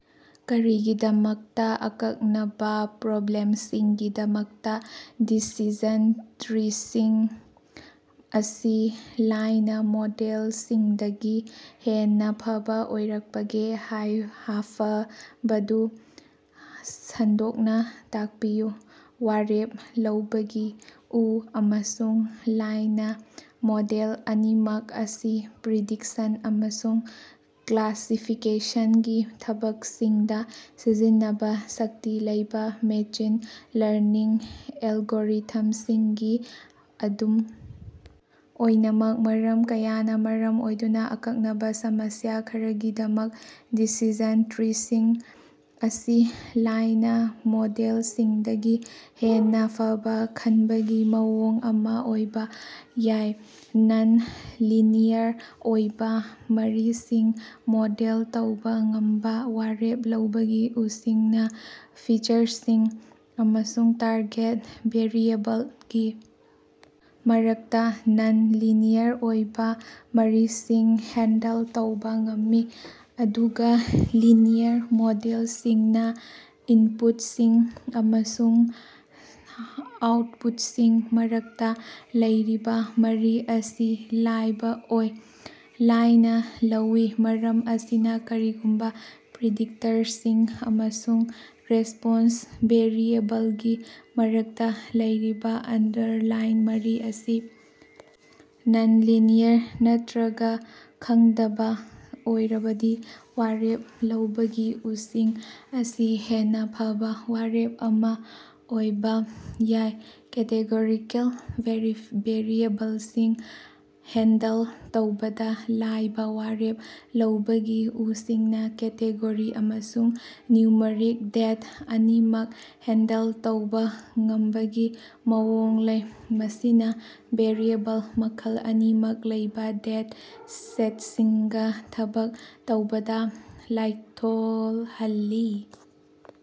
ꯀꯔꯤꯒꯤꯗꯃꯛꯇ ꯑꯀꯛꯅꯕ ꯄ꯭ꯔꯣꯕ꯭ꯂꯦꯝꯁꯤꯡꯒꯤꯗꯃꯛꯇ ꯗꯤꯁꯤꯖꯟ ꯇ꯭ꯔꯤꯁꯤꯡ ꯑꯁꯤ ꯂꯥꯏꯅ ꯃꯣꯗꯦꯜꯁꯤꯡꯗꯒꯤ ꯍꯦꯟꯅ ꯐꯕ ꯑꯣꯏꯔꯛꯄꯒꯦ ꯍꯥꯏ ꯍꯥꯐꯕꯗꯨ ꯁꯟꯗꯣꯛꯅ ꯇꯥꯛꯄꯤꯌꯨ꯫ ꯋꯥꯔꯦꯞ ꯂꯧꯕꯒꯤ ꯎ ꯑꯃꯁꯨꯡ ꯂꯥꯏꯅ ꯃꯣꯗꯦꯜ ꯑꯅꯤꯃꯛ ꯑꯁꯤ ꯄ꯭ꯔꯤꯗꯤꯛꯁꯟ ꯑꯃꯁꯨꯡ ꯀ꯭ꯂꯥꯁꯤꯐꯤꯀꯦꯁꯟꯒꯤ ꯊꯕꯛꯁꯤꯡꯗ ꯁꯤꯖꯤꯟꯅꯕ ꯁꯛꯇꯤ ꯂꯩꯕ ꯃꯦꯆꯟ ꯂꯔꯅꯤꯡ ꯑꯦꯜꯒꯣꯔꯤꯊꯝꯁꯤꯡꯒꯤ꯫ ꯑꯗꯨꯝ ꯑꯣꯏꯅꯃꯛ ꯃꯔꯝ ꯀꯌꯥꯅ ꯃꯔꯝ ꯑꯣꯏꯗꯨꯅ ꯑꯀꯛꯅꯕ ꯁꯃꯁ꯭ꯌꯥ ꯈꯔꯒꯤꯗꯃꯛ ꯗꯤꯁꯤꯖꯟ ꯇ꯭ꯔꯤꯁꯤꯡ ꯑꯁꯤ ꯂꯥꯏꯅ ꯃꯣꯗꯦꯜꯁꯤꯡꯗꯒꯤ ꯍꯦꯟꯅ ꯐꯕ ꯈꯟꯕꯒꯤ ꯃꯑꯣꯡ ꯑꯃ ꯑꯣꯏꯕ ꯌꯥꯏ꯫ ꯅꯟ-ꯂꯤꯅꯤꯌꯔ ꯑꯣꯏꯕ ꯃꯔꯤꯁꯤꯡ ꯃꯣꯗꯦꯜ ꯇꯧꯕꯥ ꯉꯝꯕ: ꯋꯥꯔꯦꯞ ꯂꯧꯕꯒꯤ ꯎꯁꯤꯡꯅ ꯐꯤꯆꯔꯁꯤꯡ ꯑꯃꯁꯨꯡ ꯇꯥꯔꯒꯦꯠ ꯚꯦꯔꯤꯑꯦꯕꯜꯒꯤ ꯃꯔꯛꯇ ꯅꯟ-ꯂꯤꯅꯤꯌꯔ ꯑꯣꯏꯕ ꯃꯔꯤꯁꯤꯡ ꯍꯦꯟꯗꯜ ꯇꯧꯕ ꯉꯝꯃꯤ, ꯑꯗꯨꯒ ꯂꯤꯅꯤꯌꯔ ꯃꯣꯗꯦꯜꯁꯤꯡꯅ ꯏꯟꯄꯨꯠꯁꯤꯡ ꯑꯃꯁꯨꯡ ꯑꯥꯎꯠꯄꯨꯠꯁꯤꯡ ꯃꯔꯛꯇ ꯂꯩꯔꯤꯕ ꯃꯔꯤ ꯑꯁꯤ ꯂꯥꯏꯕ ꯑꯣꯏ ꯂꯥꯏꯅ ꯂꯧꯏ꯫ ꯃꯔꯝ ꯑꯁꯤꯅ ꯀꯔꯤꯒꯨꯝꯕ ꯄ꯭ꯔꯤꯗꯤꯛꯇꯔꯁꯤꯡ ꯑꯃꯁꯨꯡ ꯔꯦꯁꯄꯣꯟꯁ ꯚꯦꯔꯤꯑꯦꯕꯜꯒꯤ ꯃꯔꯛꯇ ꯂꯩꯔꯤꯕ ꯑꯟꯗꯔꯂꯥꯏꯟ ꯃꯔꯤ ꯑꯁꯤ ꯅꯟ-ꯂꯤꯅꯤꯌꯔ ꯅꯠꯇ꯭ꯔꯒ ꯈꯪꯗꯕ ꯑꯣꯏꯔꯕꯗꯤ ꯋꯥꯔꯦꯞ ꯂꯧꯕꯒꯤ ꯎꯁꯤꯡ ꯑꯁꯤ ꯍꯦꯟꯅ ꯐꯕ ꯋꯥꯔꯦꯞ ꯑꯃ ꯑꯣꯏꯕ ꯌꯥꯏ꯫ ꯀꯦꯇꯦꯒꯣꯔꯤꯀꯦꯜ ꯚꯦꯔꯤꯑꯦꯕꯜꯁꯤꯡ ꯍꯦꯟꯗꯜ ꯇꯧꯕꯗ ꯂꯥꯏꯕ: ꯋꯥꯔꯦꯞ ꯂꯧꯕꯒꯤ ꯎꯁꯤꯡꯅ ꯀꯦꯇꯦꯒꯣꯔꯤ ꯑꯃꯁꯨꯡ ꯅ꯭ꯌꯨꯃꯔꯤꯛ ꯗꯦꯇ ꯑꯅꯤꯃꯛ ꯍꯦꯟꯗꯜ ꯇꯧꯕ ꯉꯝꯕꯒꯤ ꯃꯑꯣꯡ ꯂꯩ, ꯃꯁꯤꯅ ꯚꯦꯔꯤꯑꯦꯕꯜ ꯃꯈꯜ ꯑꯅꯤꯃꯛ ꯂꯩꯕ ꯗꯦꯇ ꯁꯦꯠꯁꯤꯡꯒ ꯊꯕꯛ ꯇꯧꯕꯗ ꯂꯥꯏꯊꯣꯜꯍꯜꯂꯤ꯫